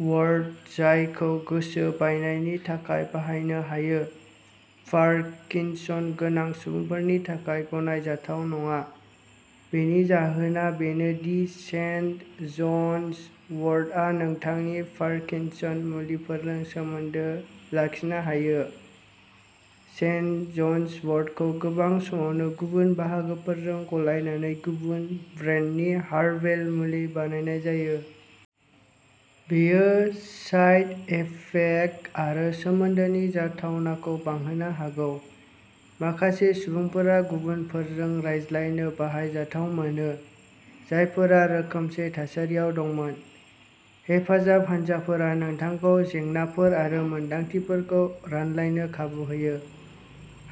वर्ट, जायखौ गोसो बायनायनि थाखाय बाहायनो हायो, पार्किनसन गोनां सुबुंफोरनि थाखाय गनायजाथाव नङा। बेनि जाहोना बेनो दि सेन्ट जन्स वर्टआ नोंथांनि पार्किनसन मुलिफोरजों सोमोन्दो लाखिनो हायो। सेन्ट जन्स वर्टखौ गोबां समावनो गुबुन बाहागोफोरजों गलायनानै गुबुन ब्रान्डनि हार्बेल मुलि बानायनाय जायो। बेयो साइड इफेक्ट आरो सोमोन्दोनि जाथावनाखौ बांहोनो हागौ। माखासे सुबुंफोरा गुबुनफोरजों रायज्लायनो बाहायजाथाव मोनो, जायफोरा रोखोमसे थासारियाव दंमोन। हेफाजाब हानजाफोरा नोंथांखौ जेंनाफोर आरो मोनदांथिफोरखौ रानलायनो खाबु होयो।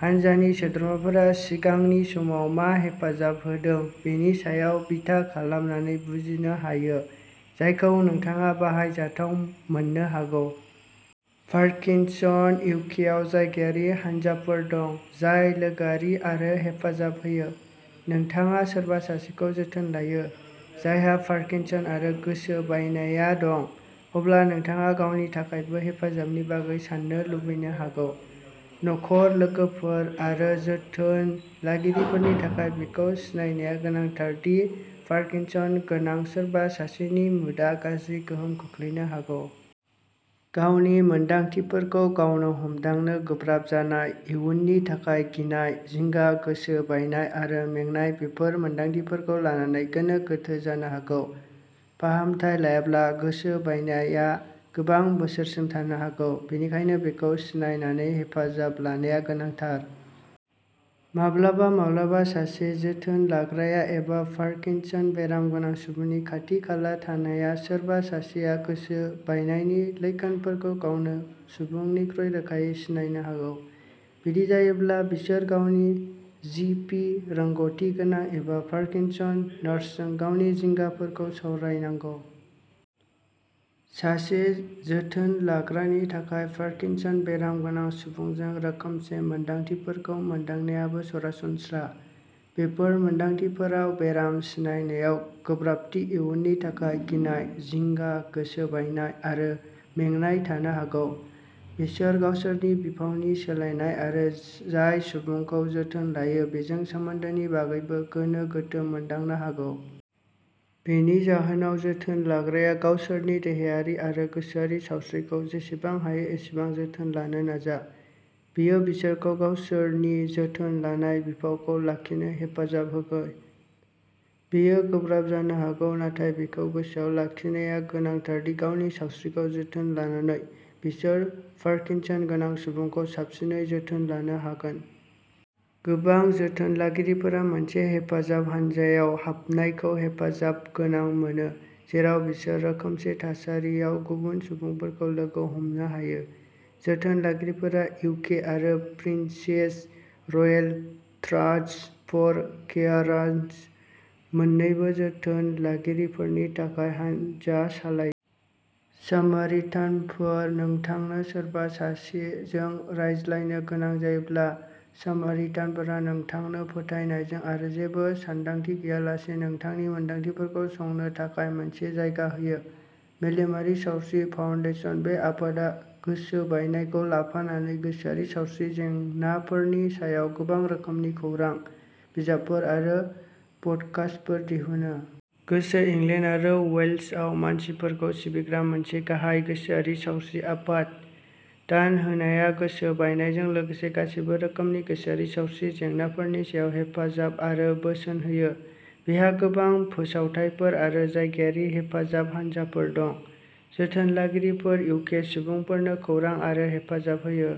हान्जानि सोद्रोमाफोरा सिगांनि समाव मा हेफाजाब होदों बेनि सायाव बिथा खालामनानै बुजिनो हायो, जायखौ नोंथाङा बाहायजाथाव मोननो हागौ। पार्किनसन इउकेआव जायगायारि हानजाफोर दं, जाय लोगोआरि आरो हेफाजाब होयो। नोंथाङा सोरबा सासेखौ जोथोन लायो, जायहा पार्किनसन आरो गोसो बायनाया दं, अब्ला नोंथाङा गावनि थाखायबो हेफाजाबनि बागै साननो लुबैनो हागौ। नखर, लोगोफोर आरो जोथोन लागिरिफोरनि थाखाय बेखौ सिनायनाया गोनांथार दि पार्किनसन गोनां सोरबा सासेनि मुडआ गाज्रि गोहोम खोख्लैनो हागौ। गावनि मोन्दांथिफोरखौ गावनो हमदांनो गोब्राब जानाय, इयुननि थाखाय गिनाय, जिंगा, गोसो बायनाय आरो मेंनाय बेफोर मोन्दांथिफोरखौ लानानै गोनो गोथो जानो हागौ। फाहामथाय लायाब्ला गोसो बायनाया गोबां बोसोरसिम थानो हागौ, बेनिखायनो बेखौ सिनायनानै हेफाजाब लानाया गोनांथार। माब्लाबा-माब्लाबा सासे जोथोन लाग्राया एबा पार्किनसन बेराम गोनां सुबुंनि खाथि-खाला थानाय सोरबा सासेआ गोसो बायनायनि लैखोनफोरखौ गावनो सुबुंनिख्रुइ रोखायै सिनायनो हागौ। बिदि जायोब्ला, बिसोर गावनि जि. पि., रोंग'थि गोनां एबा पार्किनसन नार्सजों गावनि जिंगाफोरखौ सावरायनांगौ। सासे जोथोन लाग्रानि थाखाय पार्किनसन बेराम गोनां सुबुंजों रोखोमसे मोन्दांथिफोरखौ मोनदांनायाबो सरासनस्रा। बेफोर मोनदांथिफोराव बेराम सिनायनायाव गोब्राबथि, इयुननि थाखाय गिनाय, जिंगा, गोसो बायनाय आरो मेंनाय थानो हागौ। बिसोर गावसोरनि बिफावनि सोलायनाय आरो जाय सुबुंखौ जोथोन लायो बेजों सोमोन्दोनि बागैबो गोनो गोथो मोनदांनो हागौ। बेनि जाहोनाव, जोथोन लाग्राया गावसोरनि देहायारि आरो गोसोआरि सावस्रिखौ जेसेबां हायो एसेबां जोथोन लानो नाजा। बेयो बिसोरखौ गावसोरनि जोथोन लानाय बिफावखौ लाखिनो हेफाजाब होगोन। बेयो गोब्राब जानो हागौ, नाथाय बेखौ गोसोआव लाखिनाया गोनांथार दि गावनि सावस्रिखौ जोथोन लानानै, बिसोर पार्किनसन गोनां सुबुंखौ साबसिनै जोथोन लानो हागोन। गोबां जोथोन लागिरिफोरा मोनसे हेफाजाब हान्जायाव हाबनायखौ हेफाजाब गोनां मोनो, जेराव बिसोर रोखोमसे थासारियाव गुबुन सुबुंफोरखौ लोगो हमनो हायो। जोथोन लागिरिफोरा इउके आरो Princess Royal Trust for Carers मोन्नैबो जोथोन लागिरिफोरनि थाखाय हानजा सालायो। सामारिटानफोर नोंथांनो सोरबा सासेजों रायज्लायनो गोनां जायोब्ला, सामारिटानफोरा नोंथांनो फोथायनायजों आरो जेबो सानदांथि गैयालासे नोंथांनि मोनदांथिफोरखौ संनो थाखाय मोनसे जायगा होयो। मेलेमारि सावस्रि फाउन्डेसन बे आफादआ गोसोबायनायखौ लाफानानै गोसोआरि सावस्रि जेंनाफोरनि सायाव गोबां रोखोमनि खौरां, बिजाबफोर आरो पडकास्टफोर दिहुनो। गोसो इंलेण्ड आरो वेल्सआव मानसिफोरखौ सिबिग्रा मोनसे गाहाय गोसोआरि सावस्रि आफाद। दान होनाया गोसो बायनायजों लोगोसे गासैबो रोखोमनि गोसोआरि सावस्रि जेंनाफोरनि सायाव हेफाजाब आरो बोसोन होयो। बेहा गोबां फोसावथायफोर आरो जायगायारि हेफाजाब हानजाफोर दं। जोथोन लागिरिफोर इउके सुबुंफोरनो खौरां आरो हेफाजाब होयो।